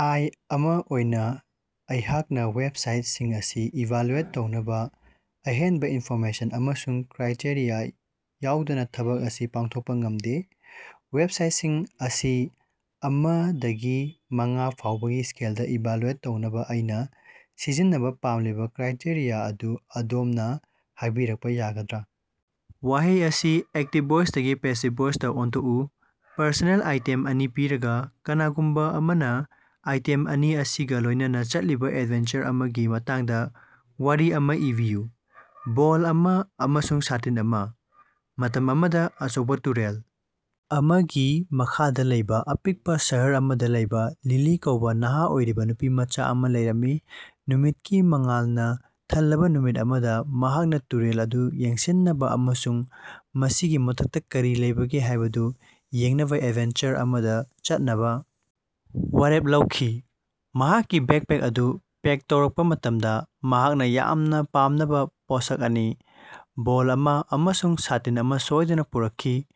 ꯑꯥꯏ. ꯑꯃ ꯑꯣꯏꯅ ꯑꯩꯍꯛꯅ ꯋꯦꯕꯁꯥꯏꯠꯁꯤꯡ ꯑꯁꯤ ꯏꯚꯥꯂꯨꯑꯦꯠ ꯇꯧꯅꯕ ꯑꯍꯦꯟꯕ ꯏꯟꯐꯣꯔꯃꯦꯁꯟ ꯑꯃꯁꯨꯡ ꯀ꯭ꯔꯥꯏꯇꯦꯔꯤꯌꯥ ꯌꯥꯎꯗꯅ ꯊꯕꯛ ꯑꯁꯤ ꯄꯥꯡꯊꯣꯛꯄ ꯉꯝꯗꯦ꯫ ꯋꯦꯕꯁꯥꯏꯠꯁꯤꯡ ꯑꯁꯤ ꯑꯃ ꯗꯒꯤ ꯃꯉꯥ ꯐꯥꯎꯕꯒꯤ ꯁ꯭ꯀꯦꯜꯗꯥ ꯏꯚꯥꯂꯨꯑꯦꯠ ꯇꯧꯅꯕꯥ ꯑꯩꯅ ꯁꯤꯖꯤꯟꯅꯕꯥ ꯄꯥꯝꯂꯤꯕ ꯀ꯭ꯔꯥꯏꯇꯦꯔꯤꯌꯥ ꯑꯗꯨ ꯑꯗꯣꯝꯅꯥ ꯍꯥꯏꯕꯤꯔꯛꯄ ꯌꯥꯒꯗ꯭ꯔ? ꯋꯥꯍꯩ ꯑꯁꯤ ꯑꯦꯛꯇꯤꯕ ꯚꯣꯏꯁꯇꯒꯤ ꯄꯦꯁꯤꯕ ꯚꯣꯏꯁꯇꯥ ꯑꯣꯟꯊꯣꯀꯎ. ꯄꯔꯁꯣꯅꯦꯜ ꯑꯥꯏꯇꯦꯝ ꯑꯅꯤ ꯄꯤꯔꯒꯥ, ꯀꯅꯥꯒꯨꯝꯕꯥ ꯑꯃꯅꯥ ꯑꯥꯏꯇꯦꯝ ꯑꯅꯤ ꯑꯁꯤꯒꯥ ꯂꯣꯏꯅꯅꯥ ꯆꯠꯂꯤꯕꯥ ꯑꯦꯗꯚꯦꯟꯆꯔ ꯑꯃꯒꯤ ꯃꯇꯥꯡꯗ ꯋꯥꯔꯤ ꯑꯃꯥ ꯏꯕꯤꯌꯨ꯫ ꯕꯣꯜ ꯑꯃ ꯑꯃꯁꯨꯡ ꯁꯥꯇꯤꯟ ꯑꯃ꯫ ꯃꯇꯝ ꯑꯃꯗ ꯑꯆꯧꯕ ꯇꯨꯔꯦꯜ ꯑꯃꯒꯤ ꯃꯈꯗ ꯂꯩꯕ ꯑꯄꯤꯛꯄ ꯁꯍꯔ ꯑꯃꯗ ꯂꯩꯕ ꯂꯤꯂꯤ ꯀꯧꯕ ꯅꯍꯥ ꯑꯣꯏꯔꯤꯕ ꯅꯨꯄꯤꯃꯆꯥ ꯑꯃꯥ ꯂꯩꯔꯝꯃꯤ꯫ ꯅꯨꯃꯤꯠꯀꯤ ꯃꯉꯥꯜꯅ ꯊꯜꯂꯕ ꯅꯨꯃꯤꯠ ꯑꯃꯗ ꯃꯍꯥꯛꯅ ꯇꯨꯔꯦꯜ ꯑꯗꯨ ꯌꯦꯡꯁꯤꯟꯅꯕ ꯑꯃꯁꯨꯡ ꯃꯁꯤꯒꯤ ꯃꯊꯛꯇ ꯀꯔꯤ ꯂꯩꯔꯤꯕꯒꯦ ꯍꯥꯢꯗꯨ ꯌꯦꯡꯅꯕ ꯑꯦꯗꯚꯦꯟꯆꯔ ꯑꯃꯗ ꯆꯠꯅꯕ ꯋꯥꯔꯦꯞ ꯂꯧꯈꯤ꯫ ꯃꯍꯥꯛꯀꯤ ꯕꯦꯛꯄꯦꯛ ꯑꯗꯨ ꯄꯦꯛ ꯇꯧꯔꯛꯄꯥ ꯃꯇꯝꯗꯥ ꯃꯍꯥꯛꯅ ꯌꯥꯝꯅ ꯄꯥꯝꯅꯕ ꯄꯣꯠꯁꯛ ꯑꯅꯤ, ꯕꯣꯜ ꯑꯃ ꯑꯃꯁꯨꯡ ꯁꯥꯇꯤꯟ ꯑꯃ ꯁꯣꯏꯗꯅꯥ ꯄꯨꯔꯛꯈꯤ꯫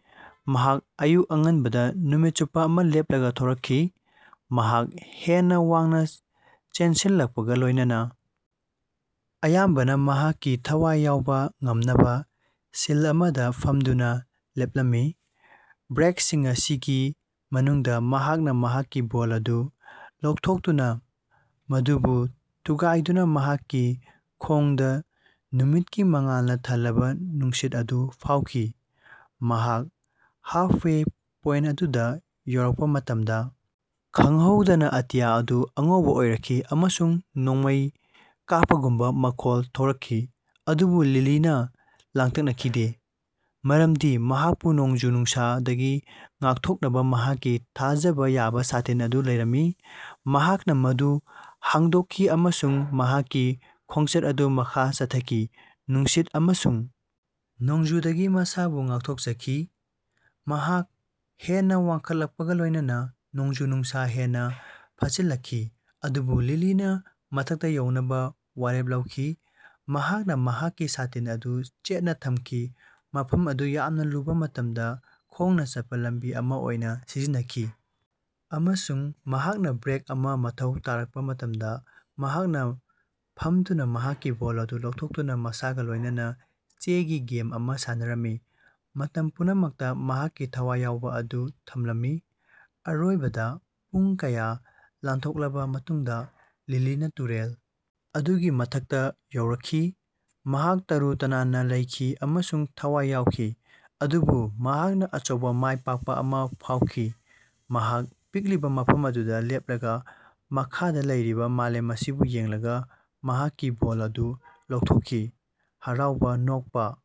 ꯃꯍꯥꯛ ꯑꯌꯨꯛ ꯑꯉꯟꯕꯗ ꯅꯨꯃꯤꯠ ꯆꯨꯞꯄꯥ ꯑꯃ ꯂꯦꯞꯂꯒ ꯊꯣꯔꯛꯈꯤ꯫ ꯃꯍꯥꯛ ꯍꯦꯟꯅ ꯋꯥꯡꯅ ꯆꯦꯟꯁꯤꯜꯂꯛꯄꯒꯥ ꯂꯣꯏꯅꯅꯥ ꯑꯌꯥꯝꯕꯅꯥ ꯃꯍꯥꯛꯀꯤ ꯊꯋꯥꯏ ꯌꯥꯎꯕ ꯉꯝꯅꯕꯥ ꯁꯤꯜ ꯑꯃꯗ ꯐꯃꯗꯨꯅ ꯂꯦꯞꯂꯝꯃꯤ꯫ ꯕ꯭ꯔꯦꯛꯁꯤꯡ ꯑꯁꯤꯒꯤ ꯃꯅꯨꯡꯗꯥ ꯃꯍꯥꯛꯅ ꯃꯍꯥꯛꯀꯤ ꯕꯣꯜ ꯑꯗꯨ ꯂꯧꯊꯣꯛꯇꯨꯅꯥ ꯃꯗꯨꯕꯨ ꯊꯨꯒꯥꯏꯗꯨꯅ ꯃꯍꯥꯛꯀꯤ ꯈꯣꯡꯗ ꯅꯨꯃꯤꯠꯀꯤ ꯃꯉꯥꯜꯅꯥ ꯊꯜꯂꯕꯥ ꯅꯨꯡꯁꯤꯠ ꯑꯗꯨ ꯐꯥꯎꯈꯤ꯫ ꯃꯍꯥꯛ ꯍꯥꯞꯁꯋꯦ ꯄꯣꯏꯟꯇ ꯑꯗꯨꯗ ꯌꯧꯔꯛꯄꯥ ꯃꯇꯝꯗ ꯈꯪꯍꯧꯗꯅ ꯑꯇꯤꯌꯥ ꯑꯗꯨ ꯑꯉꯧꯕ ꯑꯣꯏꯔꯛꯈꯤ ꯑꯃꯁꯨꯡ ꯅꯣꯡꯃꯩ ꯀꯥꯞꯄ ꯍꯧꯔꯛꯈꯤ꯫ ꯑꯗꯨꯕꯨ ꯂꯤꯂꯤꯅ ꯂꯥꯡꯇꯛꯅꯈꯤꯗꯦ, ꯃꯔꯝꯗꯤ ꯃꯍꯥꯛꯄꯨ ꯅꯣꯡꯖꯨ-ꯅꯨꯡꯁꯥꯗꯒꯤ ꯉꯥꯛꯊꯣꯛꯅꯕ ꯃꯍꯥꯛꯀꯤ ꯊꯥꯖꯕ ꯌꯥꯕ ꯁꯥꯇꯤꯟ ꯑꯗꯨ ꯂꯩꯔꯝꯃꯤ꯫ ꯃꯍꯥꯛꯅ ꯃꯗꯨ ꯍꯥꯡꯗꯣꯛꯈꯤ ꯑꯃꯁꯨꯡ ꯃꯍꯥꯛꯀꯤ ꯈꯣꯡꯆꯠ ꯑꯗꯨ ꯃꯈꯥ ꯆꯠꯊꯈꯤ, ꯅꯨꯡꯁꯤꯠ ꯑꯃꯁꯨꯡ ꯅꯣꯡꯖꯨꯗꯒꯤ ꯃꯁꯥꯕꯨ ꯉꯥꯛꯊꯣꯛꯆꯈꯤ꯫ ꯃꯍꯥꯛ ꯍꯦꯟꯅ ꯋꯥꯡꯈꯠꯂꯛꯄꯒ ꯂꯣꯏꯅꯅꯥ ꯅꯣꯡꯖꯨ-ꯅꯨꯡꯁꯥ ꯍꯦꯟꯅꯥ ꯐꯠꯆꯤꯜꯂꯛꯈꯤ꯫ ꯑꯗꯨꯕꯨ ꯂꯤꯂꯤꯅ ꯃꯊꯛꯇꯥ ꯌꯧꯅꯕ ꯋꯥꯔꯦꯞ ꯂꯧꯈꯤ꯫ ꯃꯍꯥꯛꯅ ꯃꯍꯥꯛꯀꯤ ꯁꯥꯇꯤꯟ ꯑꯗꯨ ꯆꯦꯠꯅꯥ ꯊꯝꯈꯤ, ꯃꯐꯝ ꯑꯗꯨ ꯌꯥꯝꯅ ꯂꯨꯕ ꯃꯇꯝꯗ ꯈꯣꯡꯅ ꯆꯠꯄ ꯂꯝꯕꯤ ꯑꯃ ꯑꯣꯏꯅ ꯁꯤꯖꯤꯟꯅꯈꯤ꯫ ꯑꯃꯁꯨꯡ ꯃꯍꯥꯛꯅ ꯕ꯭ꯔꯦꯛ ꯑꯃ ꯃꯊꯧ ꯇꯥꯔꯛꯄ ꯃꯇꯝꯗ ꯃꯍꯥꯛꯅ ꯐꯝꯗꯨꯅ ꯃꯍꯥꯛꯀꯤ ꯕꯣꯜ ꯑꯗꯨ ꯂꯧꯊꯣꯛꯇꯨꯅ ꯃꯁꯥꯒ ꯂꯣꯏꯅꯅꯥ ꯆꯦꯒꯤ ꯒꯦꯝ ꯑꯃꯥ ꯁꯥꯟꯅꯔꯝꯃꯤ, ꯃꯇꯝ ꯄꯨꯝꯅꯃꯛꯇ ꯃꯍꯥꯛꯀꯤ ꯊꯋꯥꯏ ꯌꯥꯎꯕ ꯑꯗꯨ ꯊꯝꯂꯝꯃꯤ꯫ ꯑꯔꯣꯏꯕꯗ ꯄꯨꯡ ꯀꯌꯥ ꯂꯥꯟꯊꯣꯛꯂꯕ ꯃꯇꯨꯡꯗ ꯂꯤꯂꯤꯅ ꯇꯨꯔꯦꯜ ꯑꯗꯨꯒꯤ ꯃꯊꯛꯇ ꯌꯧꯔꯛꯈꯤ꯫ ꯃꯍꯥꯛ ꯇꯔꯨ ꯇꯅꯥꯟꯅ ꯂꯩꯈꯤ ꯑꯃꯁꯨꯡ ꯊꯋꯥꯏ ꯌꯥꯎꯈꯤ, ꯑꯗꯨꯕꯨ ꯃꯍꯥꯛꯅ ꯑꯆꯧꯕ ꯃꯥꯏ ꯄꯥꯛꯄ ꯑꯃ ꯐꯥꯎꯈꯤ꯫ ꯃꯍꯥꯛ ꯄꯤꯛꯂꯤꯕ ꯃꯐꯝ ꯑꯗꯨꯗ ꯂꯦꯞꯂꯒ ꯃꯈꯥꯗ ꯂꯩꯔꯤꯕ ꯃꯂꯦꯝ ꯑꯁꯤꯕꯨ ꯌꯦꯡꯂꯒ ꯃꯍꯥꯛꯀꯤ ꯕꯣꯜ ꯑꯗꯨ ꯂꯧꯊꯣꯛꯈꯤ꯫ ꯍꯔꯥꯎꯕ ꯅꯣꯛꯄꯥ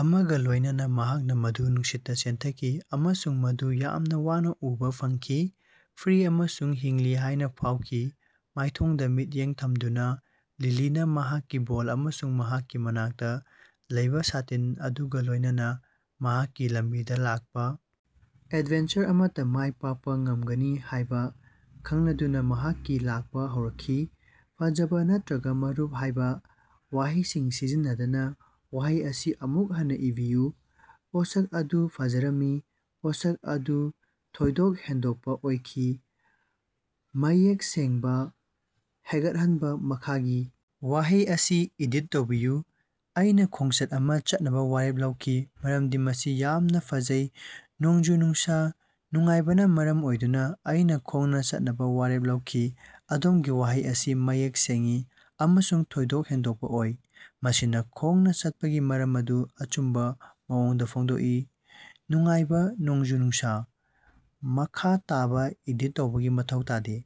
ꯑꯃꯒ ꯂꯣꯏꯅꯅꯥ ꯃꯍꯥꯛꯅ ꯃꯗꯨ ꯅꯨꯡꯁꯤꯠꯇ ꯆꯦꯟꯊꯈꯤ ꯑꯃꯁꯨꯡ ꯃꯗꯨ ꯌꯥꯝꯅ ꯋꯥꯅ ꯎꯕꯥ ꯐꯪꯈꯤ, ꯐ꯭ꯔꯤ ꯑꯃꯁꯨꯡ ꯍꯤꯡꯂꯤ ꯍꯥꯏꯅ ꯐꯥꯎꯈꯤ꯫ ꯃꯥꯏꯊꯣꯡꯗ ꯃꯤꯠꯌꯦꯡ ꯊꯝꯗꯨꯅ ꯂꯤꯂꯤꯅ ꯃꯍꯥꯛꯀꯤ ꯕꯣꯜ ꯑꯃꯁꯨꯡ ꯃꯍꯥꯛꯀꯤ ꯃꯅꯥꯛꯇ ꯂꯩꯕ ꯁꯥꯇꯤꯟ ꯑꯗꯨꯒ ꯂꯣꯏꯅꯅꯥ ꯃꯍꯥꯛꯀꯤ ꯂꯝꯕꯤꯗ ꯂꯥꯛꯄ ꯑꯦꯗꯚꯦꯟꯆꯔ ꯑꯃꯠꯇ ꯃꯥꯏ ꯄꯥꯛꯄ ꯉꯝꯒꯅꯤ ꯍꯥꯏꯕ ꯈꯪꯂꯗꯨꯅ ꯃꯍꯥꯛꯀꯤ ꯂꯥꯛꯄ ꯍꯧꯔꯛꯈꯤ꯫ "ꯐꯖꯕꯥ" ꯅꯠꯔꯒꯥ "ꯃꯔꯨꯞ" ꯍꯥꯏꯕ ꯋꯥꯍꯩꯁꯤꯡ ꯁꯤꯖꯤꯟꯅꯗꯅ ꯋꯥꯍꯩ ꯑꯁꯤ ꯑꯃꯨꯛ ꯍꯟꯅ ꯏꯕꯤꯌꯨ꯫ ꯄꯣꯠꯁꯛ ꯑꯗꯨ ꯐꯖꯔꯝꯃꯤ꯫ ꯄꯣꯠꯁꯛ ꯑꯗꯨ ꯊꯣꯏꯗꯣꯛ ꯍꯦꯟꯗꯣꯛꯄ ꯑꯣꯏꯈꯤ꯫ ꯃꯌꯦꯛ ꯁꯦꯡꯕꯥ ꯍꯩꯒꯠꯍꯟꯅꯕ ꯃꯈꯥꯒꯤ ꯋꯥꯍꯩ ꯑꯁꯤ ꯏꯗꯤꯠ ꯇꯧꯕꯤꯌꯨ: ꯑꯩꯅꯥ ꯈꯣꯡꯆꯠ ꯑꯃ ꯆꯠꯅꯕ ꯋꯥꯔꯦꯞ ꯂꯧꯈꯤ ꯃꯔꯝꯗꯤ ꯃꯁꯤ ꯌꯥꯝꯅ ꯐꯖꯩ꯫ ꯅꯣꯡꯖꯨ-ꯅꯨꯡꯁꯥ ꯅꯨꯡꯉꯥꯏꯕꯅ ꯃꯔꯝ ꯑꯣꯏꯗꯨꯅ ꯑꯩꯅ ꯈꯣꯡꯅ ꯆꯠꯅꯕ ꯋꯥꯔꯦꯞ ꯂꯧꯈꯤ꯫ ꯑꯗꯣꯝꯒꯤ ꯋꯥꯍꯩ ꯑꯁꯤ ꯃꯌꯦꯛ ꯁꯦꯡꯏ ꯑꯃꯁꯨꯡ ꯊꯣꯏꯗꯣꯛ ꯍꯦꯟꯗꯣꯛꯄ ꯑꯣꯏ꯫ ꯃꯁꯤꯅ ꯈꯣꯡꯅ ꯆꯠꯄꯒꯤ ꯃꯔꯝ ꯑꯗꯨ ꯑꯆꯨꯝꯕ ꯃꯑꯣꯡꯗ ꯐꯣꯡꯗꯣꯛꯏ ꯅꯨꯡꯉꯥꯏꯕ ꯅꯣꯡꯖꯨ-ꯅꯨꯡꯁꯥ꯫ ꯃꯈꯥ ꯇꯥꯕ ꯏꯗꯤꯠ ꯇꯧꯕꯒꯤ ꯃꯊꯧ ꯇꯥꯗꯦ꯫।